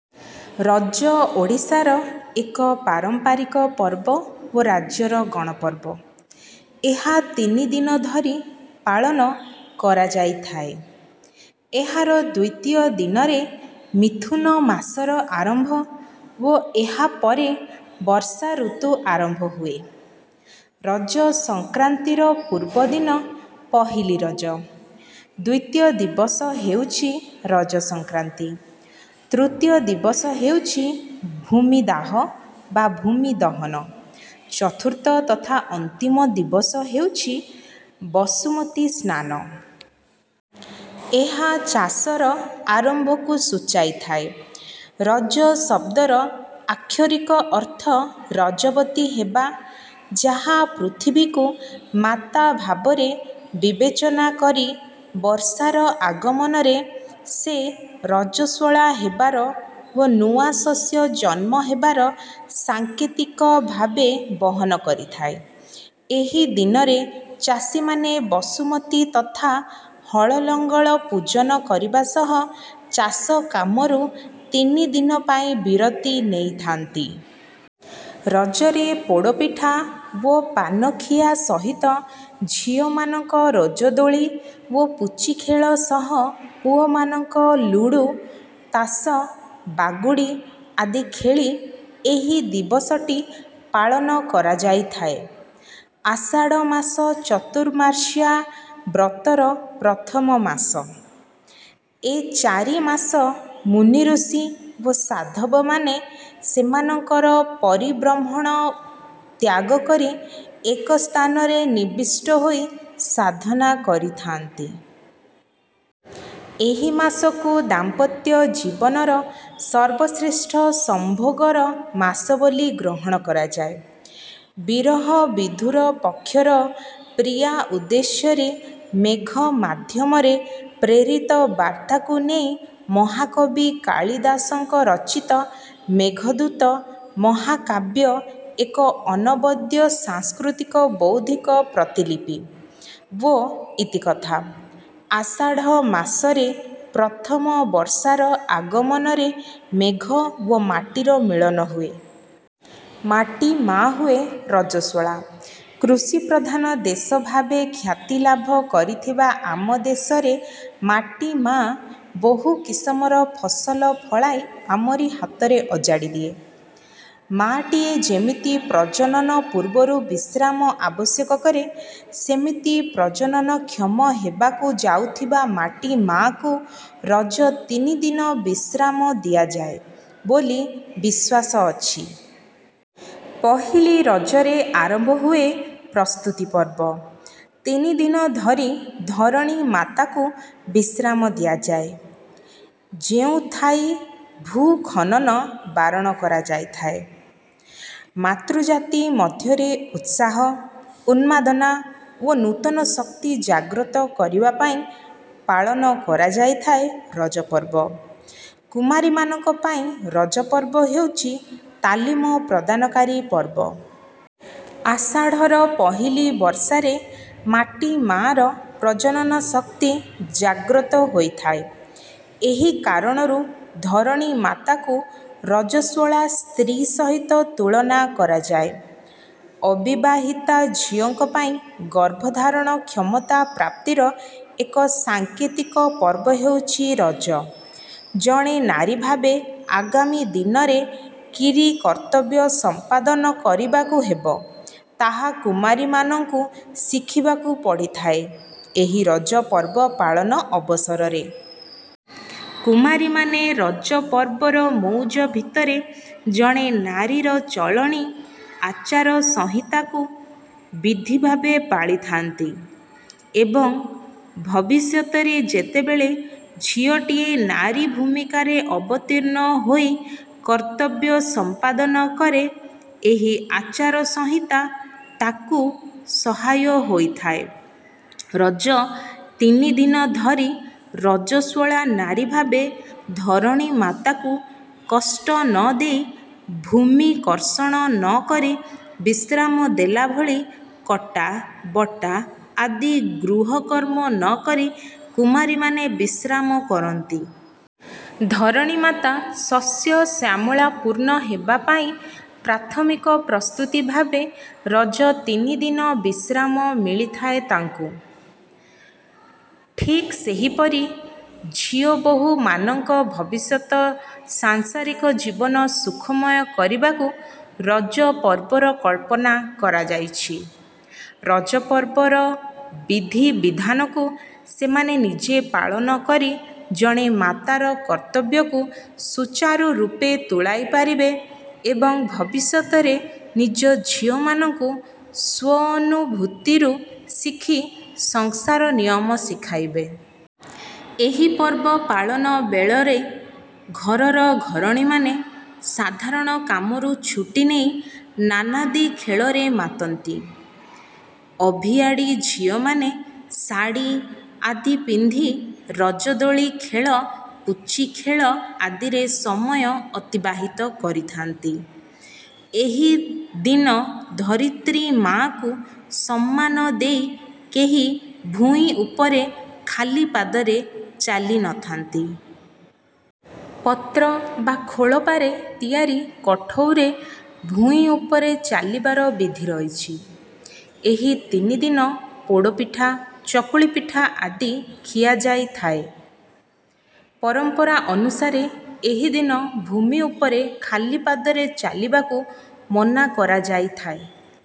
ରଜ ଓଡ଼ିଶାର ଏକ ପାରମ୍ପାରିକ ପର୍ବ ଓ ରାଜ୍ୟର ଗଣପର୍ବ। ଏହା ତିନିଦିନ ଧରି ପାଳନ କରାଯାଇଥାଏ। ଏହାର ଦ୍ୱିତୀୟ ଦିନରେ ମିଥୁନ ମାସର ଆରମ୍ଭ ଓ ଏହା ପରେ ବର୍ଷା ଋତୁ ଆରମ୍ଭ ହୁଏ। ରଜ ସଂକ୍ରାନ୍ତିର ପୂର୍ବଦିନ ପହିଲି ରଜ, ଦ୍ୱିତୀୟ ଦିବସ ହେଉଛି ରଜ ସଂକ୍ରାନ୍ତି, ତୃତୀୟ ଦିବସ ହେଉଛି ଭୂମିଦାହ ବା ଭୂମି ଦହନ, ଚତୁର୍ଥ ତଥା ଅନ୍ତିମ ଦିବସ ହେଉଛି ବସୁମତୀ ସ୍ନାନ। ଏହା ଚାଷର ଆରମ୍ଭକୁ ସୂଚାଇଥାଏ। ରଜ ଶବ୍ଦର ଆକ୍ଷରିକ ଅର୍ଥ ରଜବତୀ ହେବା, ଯାହା ପୃଥିବୀକୁ ମାତା ଭାବରେ ବିବେଚନା କରି ବର୍ଷାର ଆଗମନରେ ସେ ରଜସ୍ୱଳା ହେବାର ଓ ନୂଆ ଶସ୍ୟ ଜନ୍ମ ହେବାର ସାଙ୍କେତିକ ଭାବ ବହନ କରିଥାଏ। ଏହି ଦିନରେ ଚାଷୀମାନେ ବସୁମତୀ ତଥା ହଳଲଙ୍ଗଳ ପୂଜନ କରିବା ସହ ଚାଷ କାମରୁ ତିନି ଦିନ ପାଇଁ ବିରତି ନେଇଥାନ୍ତି। ରଜରେ ପୋଡ଼ ପିଠା ଓ ପାନ ଖିଆ ସହିତ ଝିଅମାନଙ୍କ ରଜ ଦୋଳି ଓ ପୁଚି ଖେଳ ସହ ପୁଅମାନଙ୍କ ଲୁଡୁ, ତାସ, ବାଗୁଡ଼ି ଆଦି ଖେଳି ଏହି ଦିବସଟି ପାଳନ କରାଯାଇଥାଏ। ଆଷାଢ ମାସ ଚତୁର୍ମାସ୍ୟା ବ୍ରତର ପ୍ରଥମ ମାସ। ଏ ଚାରି ମାସ ମୁନି ଋଷି ଓ ସାଧବ ମାନେ ସେମାନଙ୍କ ପରିଭ୍ରମଣ ତ୍ୟାଗ କରି ଏକସ୍ଥାନରେ ନିବିଷ୍ଟ ହୋଇ ସାଧନା କରିଥା'ନ୍ତି। ଏହି ମାସକୁ ଦାମ୍ପତ୍ୟ ଜୀବନର ସର୍ବଶ୍ରେଷ୍ଠ ସମ୍ଭୋଗର ମାସ ବୋଲି ଗ୍ରହଣ କରାଯାଏ। ବିରହ, ବିଧୂର ଯକ୍ଷର ପ୍ରିୟା ଉଦ୍ଦେଶ୍ୟରେ ମେଘ ମାଧ୍ୟମରେ ପ୍ରେରିତ ବାର୍ତ୍ତାକୁ ନେଇ ମହାକବି କାଳିଦାସଙ୍କ ରଚିତ "ମେଘଦୂତ' ମହାକାବ୍ୟ ଏକ ଅନବଦ୍ୟ ସାଂସ୍କୃତିକ ବୌଦ୍ଧିକ ପ୍ରତିଲିିପି ଓ ଇତିକଥା। ଆଷାଢ଼ ମାସରେ ପ୍ରଥମ ବର୍ଷାର ଆଗମନରେ ମେଘ ଓ ମାଟିର ମିଳନ ହୁଏ। ମାଟି ମା' ହୁଏ ରଜସ୍ୱଳା। କୃଷି ପ୍ରଧାନ ଦେଶ ଭାବେ ଖ୍ୟାତି ଲାଭ କରିଥିବା ଆମଦେଶରେ ମାଟି ମା' ବହୁ କିସମର ଫସଲ ଫଳାଇ ଆମରି ହାତରେ ଅଜାଡ଼ି ଦିଏ। ମା'ଟିଏ ଯେମିତି ପ୍ରଜନନ ପୂର୍ବରୁ ବିଶ୍ରାମ ଆବଶ୍ୟକ କରେ, ସେମିତି ପ୍ରଜନନକ୍ଷମ ହେବାକୁ ଯାଉଥିବା ମାଟି ମା'କୁ ରଜ ତିନିଦିନ ବିଶ୍ରାମ ଦିଆଯାଏ ବୋଲି ବିଶ୍ୱାସ ଅଛି। ପହିଲି ରଜରେ ଆରମ୍ଭ ହୁଏ ପ୍ରସ୍ତୁତି ପର୍ବ। ତିନିଦିନ ଧରି ଧରଣୀ ମାତାକୁ ବିଶ୍ରାମ ଦିଆଯାଏ, ଯେଉଁଥିାଇଁ ଭୂ ଖନନ ବାରଣ କରାଯାଇଥାଏ। ମାତୃଜାତି ମଧ୍ୟରେ ଉତ୍ସାହ, ଉନ୍ମାଦନା ଓ ନୂତନ ଶକ୍ତି ଜାଗ୍ରତ କରିବା ପାଇଁ ପାଳନ କରାଯାଇଥାଏ ରଜପର୍ବ। କୁମାରୀମାନଙ୍କ ପାଇଁ ରଜପର୍ବ ହେଉଛି ତାଲିମ ପ୍ରଦାନକାରୀ ପର୍ବ। ଆଷାଢ଼ର ପହିଲି ବର୍ଷାରେ ମାଟି ମା'ର ପ୍ରଜନନ ଶକ୍ତି ଜାଗ୍ରତ ହୋଇଥାଏ, ଏହି କାରଣରୁ ଧରଣୀମାତାକୁ ରଜସ୍ୱଳା ସ୍ତ୍ରୀ ସହିତ ତୁଳନା କରାଯାଏ। ଅବିବାହିତା ଝିଅଙ୍କ ପାଇଁ ଗର୍ଭଧାରଣ କ୍ଷମତା ପ୍ରାପ୍ତିର ଏକ ସାଙ୍କେତିକ ପର୍ବ ହେଉଛି ରଜ। ଜଣେ ନାରୀଭାବେ ଆଗାମୀ ଦିନରେ କିରି କର୍ତ୍ତବ୍ୟ ସମ୍ପାଦନ କରିବାକୁ ହେବ, ତାହା କୁମାରୀମାନଙ୍କୁ ଶିଖିବାକୁ ପଡ଼ିଥାଏ, ଏହି ରଜ ପର୍ବ ପାଳନ ଅବସରରେ। କୁମାରୀମାନେ ରଜପର୍ବର ମଉଜ ଭିତରେ ଜଣେ ନାରୀର ଚଳଣି, ଆଚାରସଂହିତାକୁ ବିଧିଭାବେ ପାଳିଥାଆନ୍ତି ଏବଂ ଭବିଷ୍ୟତରେ ଯେତେବେଳେ ଝିଅଟିଏ ନାରୀଭୂମିକାରେ ଅବତୀର୍ଣ୍ଣ ହୋଇ କର୍ତ୍ତବ୍ୟ ସମ୍ପାଦନ କରେ, ଏହି ଆଚାରସଂହିତା ତାକୁ ସହାୟ ହୋଇଥାଏ। ରଜ ତିନିଦିନ ଧରି ରଜସ୍ୱଳା ନାରୀଭାବେ ଧରଣୀମାତାକୁ କଷ୍ଟ ନ ଦେଇ ଭୂମି କର୍ଷଣ ନ କରି ବିଶ୍ରାମ ଦେଲାଭଳି କଟା, ବଟା ଆଦି ଗୃହକର୍ମ ନ କରି କୁମାରୀମାନେ ବିଶ୍ରାମ କରନ୍ତି। ଧରଣୀ ମାତା ଶସ୍ୟଶ୍ୟାମଳାପୂର୍ଣ୍ଣ ହେବା ପାଇ ପ୍ରାଥମିକ ପ୍ରସ୍ତୁତି ଭାବେ ରଜ ତିନିଦିନ ବିଶ୍ରାମ ମିଳିଥାଏ ତାଙ୍କୁ। ଠିକ ସେହିପରି ଝିଅବୋହୂମାନଙ୍କ ଭବିଷ୍ୟତ ସାଂସାରିକ ଜୀବନ ସୁଖମୟ କରିବାକୁ ରଜପର୍ବର କଳ୍ପନା କରାଯାଇଛି। ରଜପର୍ବର ବିଧିବିଧାନକୁ ସେମାନେ ନିଜେ ପାଳନ କରି ଜଣେ ମାତାର କର୍ତ୍ତବ୍ୟକୁ ସୁଚାରୁରୂପେ ତୁଲାଇପାରିବେ ଏବଂ ଭବିଷ୍ୟତରେ ନିଜ ଝିଅମାନଙ୍କୁ ସ୍ୱଅନୁଭୂତିରୁ ଶିଖି ସଂସାର ନିୟମ ଶିଖାଇବେ। ଏହି ପର୍ବ ପାଳନ ବେଳରେ ଘରର ଘରଣୀମାନେ ସାଧାରଣ କାମରୁ ଛୁଟି ନେଇ ନାନାଦି ଖେଳରେ ମାତନ୍ତି। ଅଭିଆଡ଼ି ଝିଅମାନେ ଶାଢ଼ୀ ଆଦି ପିନ୍ଧି ରଜ ଦୋଳି ଖେଳ, ପୁଚି ଖେଳ ଆଦିରେ ସମୟ ଅତିବାହିତ କରିଥାନ୍ତି। ଏହି ଦିନ ଧରିତ୍ରୀ ମାଆକୁ ସମ୍ମାନ ଦେଇ କେହି ଭୂଇଁ ଉପରେ ଖାଲି ପାଦରେ ଚାଲିନଥାନ୍ତି। ପତ୍ର/ଖୋଳପାରେ ତିଆରି କଠଉରେ ଭୂଇଁ ଉପରେ ଚାଲିବାର ବିଧି ରହିଛି। ଏହି ଦିନ ପୋଡ଼ ପିଠା, ଚକୁଳି ପିଠା ଆଦି ଖିଆଯାଇ ଥାଏ। ପରମ୍ପରା ଅନୁସାରେ ଏହି ଦିନ ଭୂମି ଉପରେ ଖାଲିପାଦରେ ଚାଲିବାକୁ ମନା କରାଯାଇଥାଏ।